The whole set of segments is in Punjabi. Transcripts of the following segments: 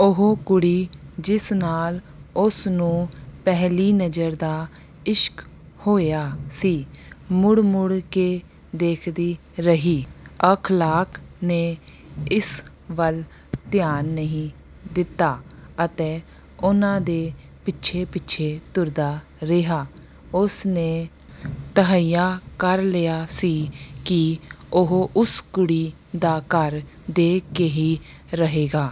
ਉਹ ਕੁੜੀ ਜਿਸ ਨਾਲ ਉਸ ਨੂੰ ਪਹਿਲੀ ਨਜ਼ਰ ਦਾ ਇਸ਼ਕ ਹੋਇਆ ਸੀ ਮੁੜ ਮੁੜ ਕੇ ਵੇਖਦੀ ਰਹੀ। ਅਖ਼ਲਾਕ ਨੇ ਇਸ ਵੱਲ ਧਿਆਨ ਨਹੀਂ ਦਿੱਤਾ ਅਤੇ ਉਨ੍ਹਾਂ ਦੇ ਪਿੱਛੇ ਪਿੱਛੇ ਤੁਰਦਾ ਰਿਹਾ। ਉਸ ਨੇ ਤਹੱਈਆ ਕਰ ਲਿਆ ਸੀ ਕਿ ਉਹ ਉਸ ਕੁੜੀ ਦਾ ਘਰ ਵੇਖ ਕੇ ਹੀ ਰਹੇਗਾ।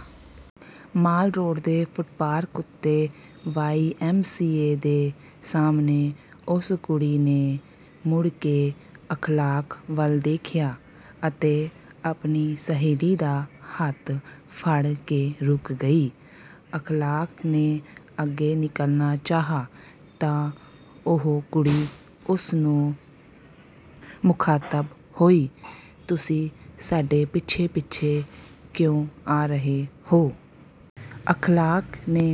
ਮਾਲ ਰੋਡ ਦੇ ਫੁੱਟਪਾਥ ਉੱਤੇ ਵਾਈ ਐਮ ਸੀ ਏ ਦੇ ਸਾਹਮਣੇ ਉਸ ਕੁੜੀ ਨੇ ਮੁੜ ਕੇ ਅਖ਼ਲਾਕ ਵੱਲ ਵੇਖਿਆ ਅਤੇ ਆਪਣੀ ਸਹੇਲੀ ਦਾ ਹੱਥ ਫੜ ਕੇ ਰੁਕ ਗਈ। ਅਖ਼ਲਾਕ ਨੇ ਅੱਗੇ ਨਿਕਲਣਾ ਚਾਹਿਆ ਤਾਂ ਉਹ ਕੁੜੀ ਉਸ ਨੂੰ ਮੁਖ਼ਾਤਬ ਹੋਈ "ਤੁਸੀਂ ਸਾਡੇ ਪਿੱਛੇ ਪਿੱਛੇ ਕਿਉਂ ਆ ਰਹੇ ਹੋ?" ਅਖ਼ਲਾਕ ਨੇ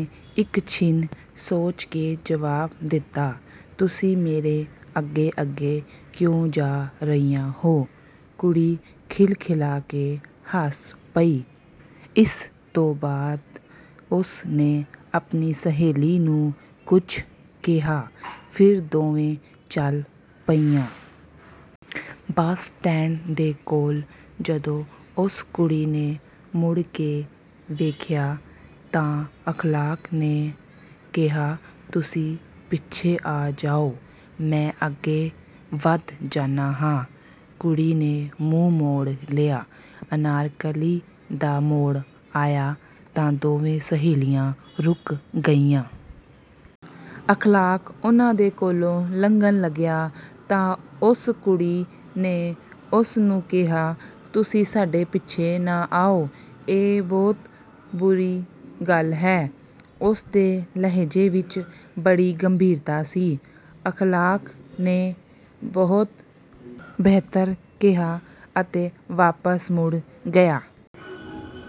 ਇੱਕ ਛਿਣ ਸੋਚ ਕੇ ਜਵਾਬ ਦਿੱਤਾ "ਤੁਸੀਂ ਮੇਰੇ ਅੱਗੇ ਅੱਗੇ ਕਿਉਂ ਜਾ ਰਹੀਆਂ ਹੋ?" ਕੁੜੀ ਖਿਲਖਿਲਾ ਕੇ ਹੱਸ ਪਈ। ਇਸ ਤੋਂ ਬਾਅਦ ਉਸ ਨੇ ਆਪਣੀ ਸਹੇਲੀ ਨੂੰ ਕੁਝ ਕਿਹਾ ਫਿਰ ਦੋਵੇਂ ਚੱਲ ਪਈਆਂ। ਬੱਸ ਸਟੈਂਡ ਦੇ ਕੋਲ ਜਦੋਂ ਉਸ ਕੁੜੀ ਨੇ ਮੁੜ ਕੇ ਵੇਖਿਆ ਤਾਂ ਅਖ਼ਲਾਕ ਨੇ ਕਿਹਾ "ਤੁਸੀਂ ਪਿੱਛੇ ਆ ਜਾਓ ਮੈਂ ਅੱਗੇ ਵੱਧ ਜਾਂਦਾ ਹਾਂ।" ਕੁੜੀ ਨੇ ਮੂੰਹ ਮੋੜ ਲਿਆ। ਅਨਾਰਕਲੀ ਦਾ ਮੋੜ ਆਇਆ ਤਾਂ ਦੋਵੇਂ ਸਹੇਲੀਆਂ ਰੁਕ ਗਈਆਂ। ਅਖ਼ਲਾਕ ਉਨ੍ਹਾਂ ਦੇ ਕੋਲੋਂ ਲੰਘਣ ਲੱਗਿਆ ਤਾਂ ਉਸ ਕੁੜੀ ਨੇ ਉਸ ਨੂੰ ਕਿਹਾ "ਤੁਸੀਂ ਸਾਡੇ ਪਿੱਛੇ ਨਾ ਆਓ ਇਹ ਬਹੁਤ ਬੁਰੀ ਗੱਲ ਹੈ।" ਉਸ ਦੇ ਲਹਿਜੇ ਵਿੱਚ ਬੜੀ ਗੰਭੀਰਤਾ ਸੀ। ਅਖ਼ਲਾਕ ਨੇ "ਬਹੁਤ ਬਿਹਤਰ" ਕਿਹਾ ਅਤੇ ਵਾਪਸ ਮੁੜ ਗਿਆ।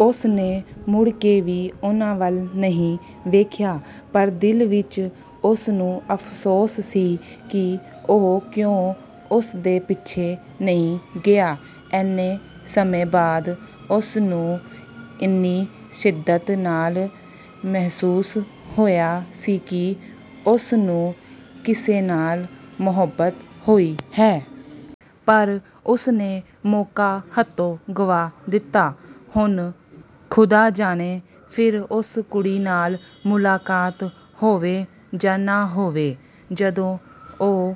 ਉਸ ਨੇ ਮੁੜ ਕੇ ਵੀ ਉਨ੍ਹਾਂ ਵੱਲ ਨਹੀਂ ਵੇਖਿਆ। ਪਰ ਦਿਲ ਵਿੱਚ ਉਸ ਨੂੰ ਅਫ਼ਸੋਸ ਸੀ ਕਿ ਉਹ ਕਿਉਂ ਉਸ ਦੇ ਪਿੱਛੇ ਨਹੀਂ ਗਿਆ। ਇੰਨੇ ਸਮੇਂ ਬਾਅਦ ਉਸ ਨੂੰ ਇੰਨੀ ਸ਼ਿੱਦਤ ਨਾਲ ਮਹਿਸੂਸ ਹੋਇਆ ਸੀ ਕਿ ਉਸ ਨੂੰ ਕਿਸੇ ਨਾਲ ਮੁਹੱਬਤ ਹੋਈ ਹੈ। ਪਰ ਉਸ ਨੇ ਮੌਕਾ ਹੱਥੋਂ ਗੁਆ ਦਿੱਤਾ। ਹੁਣ ਖ਼ੁਦਾ ਜਾਣੇ ਫਿਰ ਉਸ ਕੁੜੀ ਨਾਲ ਮੁਲਾਕਾਤ ਹੋਵੇ ਜਾਂ ਨਾ ਹੋਵੇ। ਜਦੋਂ ਉਹ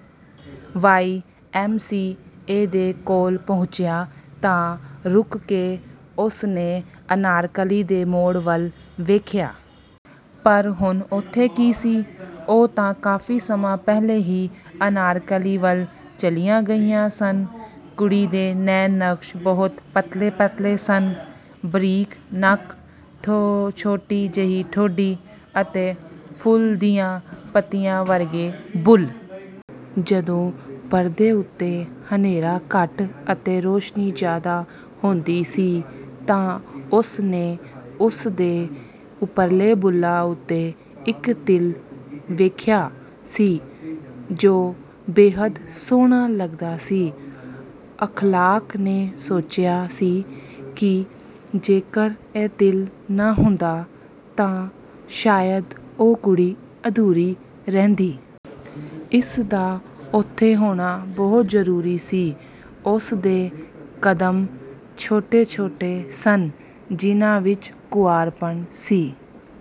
ਵਾਈ ਐਮ ਸੀ ਏ ਦੇ ਕੋਲ ਪਹੁੰਚਿਆ ਤਾਂ ਰੁਕ ਕੇ ਉਸ ਨੇ ਅਨਾਰਕਲੀ ਦੇ ਮੋੜ ਵੱਲ ਵੇਖਿਆ। ਪਰ ਹੁਣ ਉੱਥੇ ਕੀ ਸੀ? ਉਹ ਤਾਂ ਕਾਫ਼ੀ ਸਮਾਂ ਪਹਿਲਾਂ ਹੀ ਅਨਾਰਕਲੀ ਵੱਲ ਚਲੀਆਂ ਗਈਆਂ ਸਨ। ਕੁੜੀ ਦੇ ਨੈਣ ਨਕਸ਼ ਬਹੁਤ ਪਤਲੇ ਪਤਲੇ ਸਨ। ਬਰੀਕ ਨੱਕ ਛੋਟੀ ਜਿਹੀ ਠੋਡੀ ਅਤੇ ਫੁੱਲ ਦੀਆਂ ਪੱਤੀਆਂ ਵਰਗੇ ਬੁੱਲ੍ਹ। ਜਦੋਂ ਪਰਦੇ ਉੱਤੇ ਹਨੇਰਾ ਘੱਟ ਅਤੇ ਰੌਸ਼ਨੀ ਜ਼ਿਆਦਾ ਹੁੰਦੀ ਸੀ ਤਾਂ ਉਸ ਨੇ ਉਸ ਦੇ ਉਪਰਲੇ ਬੁੱਲ੍ਹ ਉੱਤੇ ਇੱਕ ਤਿਲ ਵੇਖਿਆ ਸੀ ਜੋ ਬੇਹੱਦ ਸੋਹਣਾ ਲੱਗਦਾ ਸੀ। ਅਖ਼ਲਾਕ ਨੇ ਸੋਚਿਆ ਸੀ ਕਿ ਜੇਕਰ ਇਹ ਤਿਲ ਨਾ ਹੁੰਦਾ ਤਾਂ ਸ਼ਾਇਦ ਉਹ ਕੁੜੀ ਅਧੂਰੀ ਰਹਿੰਦੀ। ਇਸ ਦਾ ਉੱਥੇ ਹੋਣਾ ਬਹੁਤ ਜ਼ਰੂਰੀ ਸੀ। ਉਸ ਦੇ ਕਦਮ ਛੋਟੇ ਛੋਟੇ ਸਨ ਜਿਨ੍ਹਾਂ ਵਿੱਚ ਕੁਆਰਾਪਣ ਸੀ।